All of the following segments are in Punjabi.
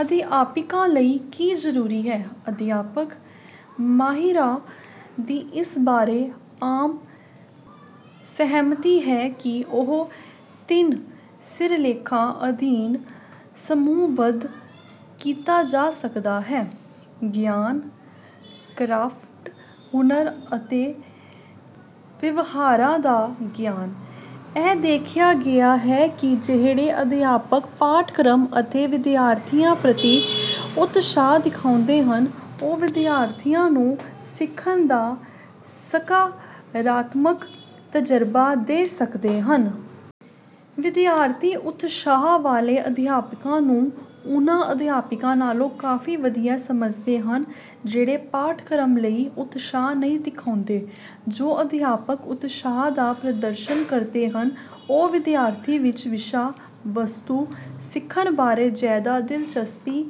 ਅਧਿਆਪਕਾਂ ਲਈ ਕੀ ਜ਼ਰੂਰੀ ਹੈ? ਵਿੱਦਿਅਕ ਮਾਹਿਰਾਂ ਦੀ ਇਸ ਬਾਰੇ ਆਮ ਸਹਿਮਤੀ ਹੈ ਕਿ ਉਹ ਤਿੰਨ ਸਿਰਲੇਖਾਂ ਅਧੀਨ ਸਮੂਹਬੱਧ ਕੀਤਾ ਜਾ ਸਕਦਾ ਹੈ: ਗਿਆਨ, ਕਰਾਫਟ ਹੁਨਰ ਅਤੇ ਵਿਵਹਾਰਾਂ ਦਾ ਗਿਆਨ। ਇਹ ਦੇਖਿਆ ਗਿਆ ਹੈ ਕਿ ਜਿਹੜੇ ਅਧਿਆਪਕ ਪਾਠਕ੍ਰਮ ਅਤੇ ਵਿਦਿਆਰਥੀਆਂ ਪ੍ਰਤੀ ਉਤਸ਼ਾਹ ਦਿਖਾਉਂਦੇ ਹਨ, ਉਹ ਵਿਦਿਆਰਥੀਆਂ ਨੂੰ ਸਿੱਖਣ ਦਾ ਸਕਾਰਾਤਮਕ ਤਜ਼ਰਬਾ ਦੇ ਸਕਦੇ ਹਨ। ਵਿਦਿਆਰਥੀ ਉਤਸ਼ਾਹ ਵਾਲੇ ਅਧਿਆਪਕਾਂ ਨੂੰ ਉਨ੍ਹਾਂ ਅਧਿਆਪਕਾਂ ਨਾਲੋਂ ਕਾਫੀ ਵਧੀਆ ਸਮਝਦੇ ਹਨ ਜਿਹੜੇ ਪਾਠਕ੍ਰਮ ਲਈ ਉਤਸ਼ਾਹ ਨਹੀਂ ਦਿਖਾਉਂਦੇ। ਜੋ ਅਧਿਆਪਕ ਉਤਸ਼ਾਹ ਦਾ ਪ੍ਰਦਰਸ਼ਨ ਕਰਦੇ ਹਨ, ਉਹ ਵਿਦਿਆਰਥੀਆਂ ਵਿੱਚ ਵਿਸ਼ਾ-ਵਸਤੂ ਸਿੱਖਣ ਬਾਰੇ ਜ਼ਿਆਦਾ ਦਿਲਚਸਪੀ,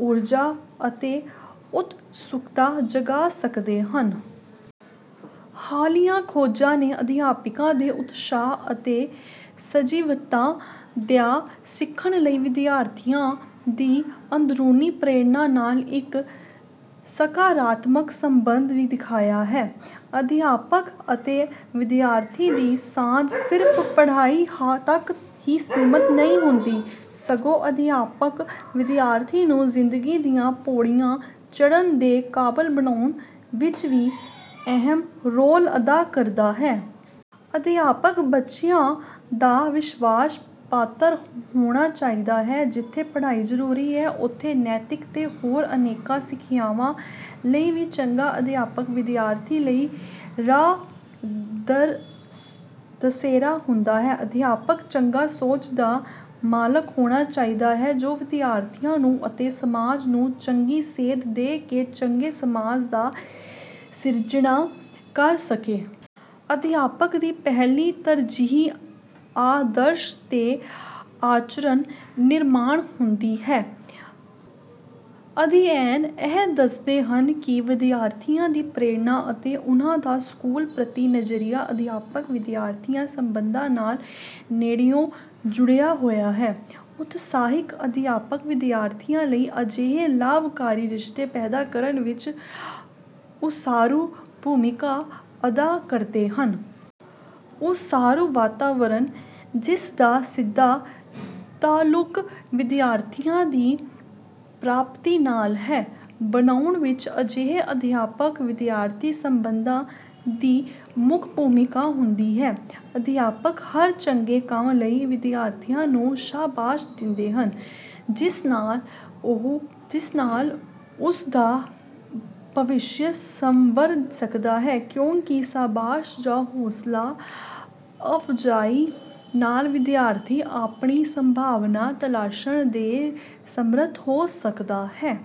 ਊਰਜਾ ਅਤੇ ਉਤਸੁਕਤਾ ਜਗਾ ਸਕਦੇ ਹਨ। ਹਾਲੀਆ ਖੋਜਾਂ ਨੇ ਅਧਿਆਪਕਾਂ ਦੇ ਉਤਸਾਹ ਅਤੇ ਸਜੀਵਤਾ ਦਾ ਸਿੱਖਣ ਲਈ ਵਿਦਿਆਰਥੀਆਂ ਦੀ ਅੰਦਰੂਨੀ ਪ੍ਰੇਰਣਾ ਨਾਲ ਇੱਕ ਸਕਾਰਾਤਮਕ ਸਬੰਧ ਦਿਖਾਇਆ ਹੈ। ਅਧਿਆਪਕ ਅਤੇ ਵਿਦਿਆਰਥੀ ਦੀ ਸਾਂਝ ਸਿਰਫ਼ ਪੜ੍ਹਾਈ ਤੱਕ ਹੀ ਸੀਮਤ ਨਹੀਂ ਹੁੰਦੀ, ਸਗੋਂ ਅਧਿਆਪਕ ਵਿਦਿਆਰਥੀ ਨੂੰ ਜ਼ਿੰਦਗੀ ਦੀਆਂ ਪੌੜੀਆਂ ਚੜ੍ਹਨ ਦੇ ਕਾਬਲ ਬਣਾਉਣ ਵਿੱਚ ਵੀ ਅਹਿਮ ਰੋਲ ਅਦਾ ਕਰਦਾ ਹੈ। ਅਧਿਆਪਕ ਬੱਚਿਆਂ ਦਾ ਵਿਸ਼ਵਾਸ-ਪਾਤਰ ਹੋਣਾ ਚਾਹੀਦਾ ਹੈ। ਜਿੱਥੇ ਪੜ੍ਹਾਈ ਜ਼ਰੂਰੀ ਹੈ, ਉੱਥੇ ਨੈਤਿਕ ਤੇ ਹੋਰ ਅਨੇਕਾਂ ਸਿੱਖਿਆਵਾਂ ਲਈ ਵੀ ਚੰਗਾ ਅਧਿਆਪਕ ਵਿਦਿਆਰਥੀ ਲਈ ਰਾਹ-ਦਸੇਰਾ ਹੁੰਦਾ ਹੈ। ਅਧਿਆਪਕ ਚੰਗੀ ਸੋਚ ਦਾ ਮਾਲਕ ਹੋਣਾ ਚਾਹੀਦਾ ਹੈ, ਜੋ ਵਿਦਿਆਰਥੀਆਂ ਨੂੰ ਅਤੇ ਸਮਾਜ ਨੂੰ ਚੰਗੀ ਸੇਧ ਦੇ ਕੇ ਚੰਗੇ ਸਮਾਜ ਦੀ ਸਿਰਜਣਾ ਕਰ ਸਕੇ। ਅਧਿਆਪਕ ਦੀ ਪਹਿਲੀ ਤਰਜੀਹ ਆਦਰਸ਼ ਤੇ ਆਚਰਣ ਨਿਰਮਾਣ ਹੁੰਦੀ ਹੈ। ਅਧਿਐਨ ਇਹ ਦੱਸਦੇ ਹਨ ਕਿ ਵਿਦਿਆਰਥੀਆਂ ਦੀ ਪ੍ਰੇਰਨਾ ਅਤੇ ਉਹਨਾਂ ਦਾ ਸਕੂਲ ਪ੍ਰਤੀ ਨਜ਼ਰੀਆ ਅਧਿਆਪਕ-ਵਿਦਿਆਰਥੀ ਸੰਬੰਧਾਂ ਨਾਲ ਨੇੜਿਓਂ ਜੁੜਿਆ ਹੋਇਆ ਹੈ। ਉਤਸਾਹਿਤ ਅਧਿਆਪਕ ਵਿਦਿਆਰਥੀਆਂ ਲਈ ਅਜਿਹੇ ਲਾਭਕਾਰੀ ਰਿਸ਼ਤੇ ਪੈਦਾ ਕਰਨ ਵਿੱਚ ਉਸਾਰੂ ਭੂਮਿਕਾ ਅਦਾ ਕਰਦੇ ਹਨ। ਉਸਾਰੂ ਵਾਤਾਵਰਣ, ਜਿਸ ਦਾ ਸਿੱਧਾ ਤਾਅਲੁਕ ਵਿਦਿਆਰਥੀਆਂ ਦੀ ਪ੍ਰਾਪਤੀ ਨਾਲ ਹੈ, ਬਣਾਉਣ ਵਿੱਚ ਅਜਿਹੇ ਅਧਿਆਪਕ-ਵਿਦਿਆਰਥੀ ਸੰਬੰਧਾਂ ਦੀ ਮੁੱਖ ਭੂਮਿਕਾ ਹੁੰਦੀ ਹੈ। ਅਧਿਆਪਕ ਹਰ ਚੰਗੇ ਕੰਮ ਲਈ ਵਿਦਿਆਰਥੀ ਨੂੰ ਸ਼ਾਬਾਸ਼ ਦਿੰਦਾ ਹੈ, ਜਿਸ ਨਾਲ ਉਸ ਦਾ ਭਵਿੱਖ ਸੰਵਰ ਸਕਦਾ ਹੈ, ਕਿਉਂਕਿ ਸ਼ਾਬਾਸ਼ ਜਾਂ ਹੌਂਸਲਾ-ਅਫਜ਼ਾਈ ਨਾਲ ਵਿਦਿਆਰਥੀ ਆਪਣੀ ਸੰਭਾਵਨਾ ਤਲਾਸ਼ਣ ਦੇ ਸਮਰੱਥ ਹੋ ਸਕਦਾ ਹੈ।